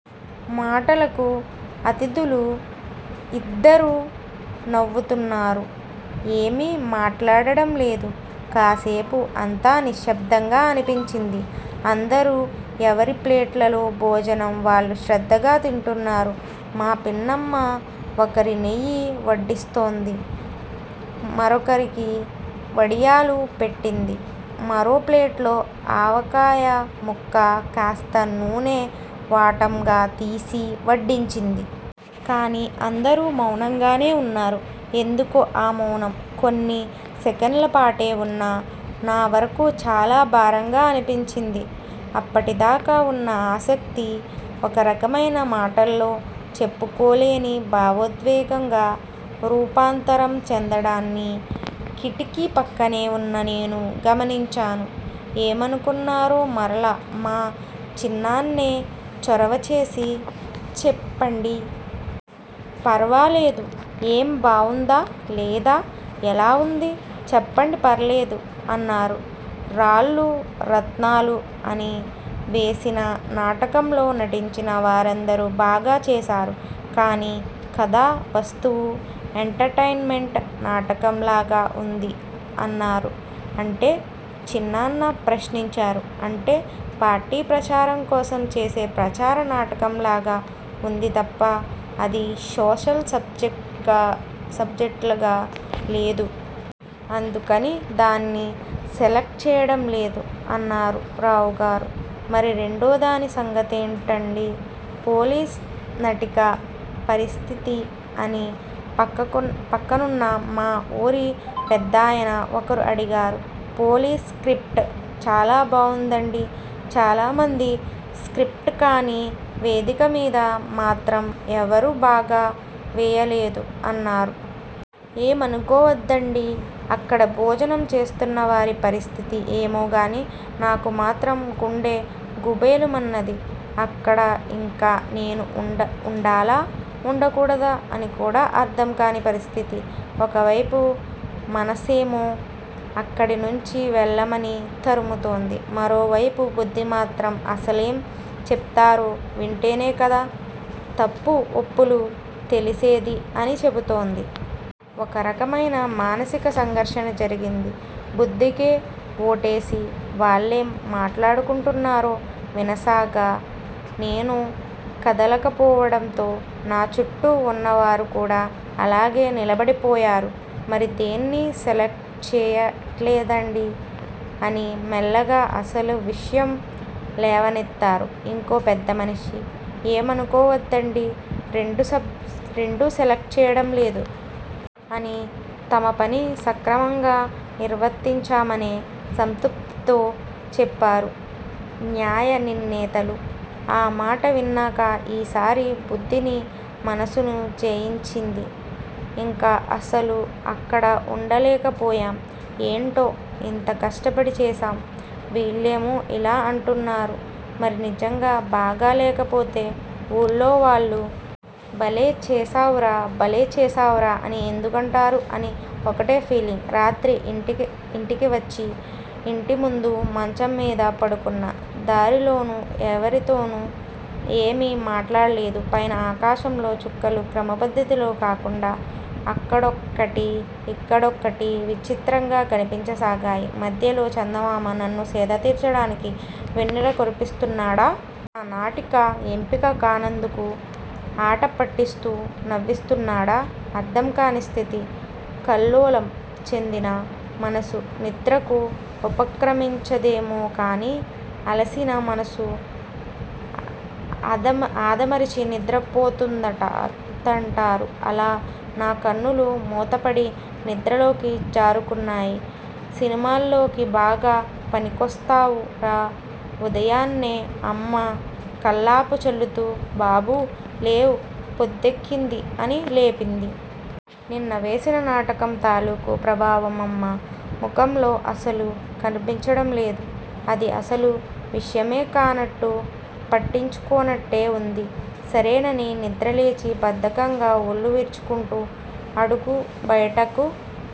మాటలకు అతిథులు ఇద్దరు నవ్వుతున్నారు. ఏమీ మాట్లాడటం లేదు. కాసేపు అంతా నిశ్శబ్దంగా అనిపించింది. అందరూ ఎవరి ప్లేట్లలో భోజనం వాళ్లు శ్రద్ధగా తింటున్నారు. మా పిన్నమ్మ ఒకరి నెయ్యి వడ్డిస్తోంది. మరొకరికి వడియాలు పెట్టింది. మరో ప్లేట్లో ఆవకాయముక్క కాస్త నూనెవాటంగా తీసి వడ్డించింది. కానీ అందరూ మౌనంగానే ఉన్నారు. ఎందుకో ఆ మౌనం కొన్ని సెకన్లపాటే ఉన్నా.. నా వరకు చాలా భారంగా అనిపించింది. అప్పటిదాకా ఉన్న ఆసక్తి ఒకరకమైన మాటల్లో చెప్పుకోలేని భావోద్వేగంగా రూపాంతరం చెందడాన్ని కిటికీ పక్కనే ఉన్న నేను గమనించాను. ఏమనుకున్నారో మరలా మా చిన్నాన్నే చొరవ చేసి 'చెప్పండి.. ఫర్వాలేదు. ఏం బావుందా? లేదా? ఎలా ఉంది? చెప్పండి పర్లేదు' అన్నారు. 'రాళ్లు రత్తాలు' అని వేసిన నాటకంలో నటించిన వారందరూ బాగా చేశారు. కానీ కథా వస్తువు ఎంటర్టైనమెంట్ నాటకంలాగా ఉంది' అన్నారు. 'అంటే? ' చిన్నాన్న ప్రశ్నించారు. 'అంటే పార్టీ ప్రచారంకోసం చేసే ప్రచార నాటకంలాగా ఉందితప్ప, అది సోషల్ సబ్జెక్గా సబ్జెక్ట్గ్లా లేదు. అందుకని దాన్ని సెలక్ట్ చేయడం లేదు' అన్నారు రావుగారు. 'మరి రెండోదాని సంగతేంటండీ?.. 'పోలీసు' నటిక పరిస్థితి? ' అని పక్కకున్ పక్కనున్న మా ఊరి పెద్దాయన ఒకరు అడిగారు. '''పోలీస్' స్ర్కిప్ట్ చాలా బావుందండీ. చాలా మంచి స్ర్కిప్ట్. కానీ వేదికమీద మాత్రం ఎవరూ బాగా వేయలేదు' అన్నారు. ఏమనుకోవద్దండీ! అక్కడ భోజనం చేస్తున్న వారి పరిస్థితి ఏమోగానీ.. నాకు మాత్రం గుండె గుభేలుమన్నది. అక్కడ ఇంక నేను ఉం ఉండాలా? ఉండకూడదా? అని కూడా అర్థం కాని పరిస్థితి. ఒకవైపు మనసేమో అక్కడినుంచి వెళ్లమని తరుముతోంది. మరోవైపు బుద్ధిమాత్రం 'అసలేం చెప్తారో వింటేనే కదా.. తప్పు ఒప్పులు తెలిసేది' అని చెబుతోంది. ఒకరకమైన మానసిక సంఘర్షణ జరిగింది. బుద్ధికే ఓటేసి, వాళ్లేం మాట్లాడుకుంటున్నారో వినసాగా. నేను కదలకపోవడంతో, నా చుట్టూ ఉన్నవారు కూడా అలాగే నిలబడిపోయారు. 'మరి దేన్నీ సెలక్ట్ చేయట్లేదండీ.. ' అని మెల్లిగా అసలు విషయం లేవనెత్తారు ఇంకో పెద్దమనిషి. 'ఏమనుకోవద్దండీ..రెండూ సప్ రెండూ సెలక్ట్ చేయడం లేదు.. ' అని తమ పని సక్రమంగా నిర్వర్తించామనే సంతృప్తితో చెప్పారు న్యాయనిర్ణేతలు. ఆ మాట విన్నాక ఈసారి బుద్ధిని మనసు జయించింది. ఇంక అసలు అక్కడ ఉండలేకపోయాం. 'ఏంటో.. ఇంత కష్టపడి చేశాం. వీళ్లేమో ఇలా అంటున్నారు. మరి నిజంగా బాగా లేకపోతే ఊళ్లో వాళ్లు.. 'భలే చేశావురా.. భలే చేశావురా.. ' అని ఎందుకంటారు?.. అని ఒకటే ఫీలింగ్. రాత్రి ఇంటికి ఇంటికివచ్చి ఇంటిముందు మంచంమీద పడుకున్నా. దారిలోనూ ఎవరితోనూ ఏమీ మాట్లాడలేదు. పైన ఆకాశంలో చుక్కలు క్రమపద్ధతిలో కాకుండా అక్కడొక్కటి, ఇక్కడొకటి విచిత్రంగా కనిపించసాగాయి. మధ్యలో చందమామ నన్ను సేదతీర్చడానికి వెన్నెల కురిపిస్తున్నాడా? నా నాటిక ఎంపిక కానందుకు ఆటపట్టిస్తూ నవ్విస్తున్నాడా? అర్థంకాని స్థితి. కల్లోలం చెందిన మనసు నిద్రకు ఉపక్రమించదేమోకానీ, అలసిన మనసు ఆదఆదమరచి నిద్రపోతుందటదంటారు. అలా నా కన్నులు మూతపడి నిద్రలోకి జారుకున్నాయి. సినిమాల్లోకి బాగా పనికొస్తావురాఉదయాన్నే అమ్మ కల్లాపి చల్లుతూ 'బాబూ.. లేవ్ పొద్దెక్కింది' అని లేపింది. నిన్న వేసిన నాటకం తాలుకు ప్రభావం అమ్మ ముఖంలో అసలు కనిపించడం లేదు. అది అసలు విషయమే కానట్టు, పట్టించుకోనట్టే ఉంది. సరేనని నిద్రలేచి బద్ధకంగా ఒళ్లు విరుచుకుంటూ అడుగు బయటకు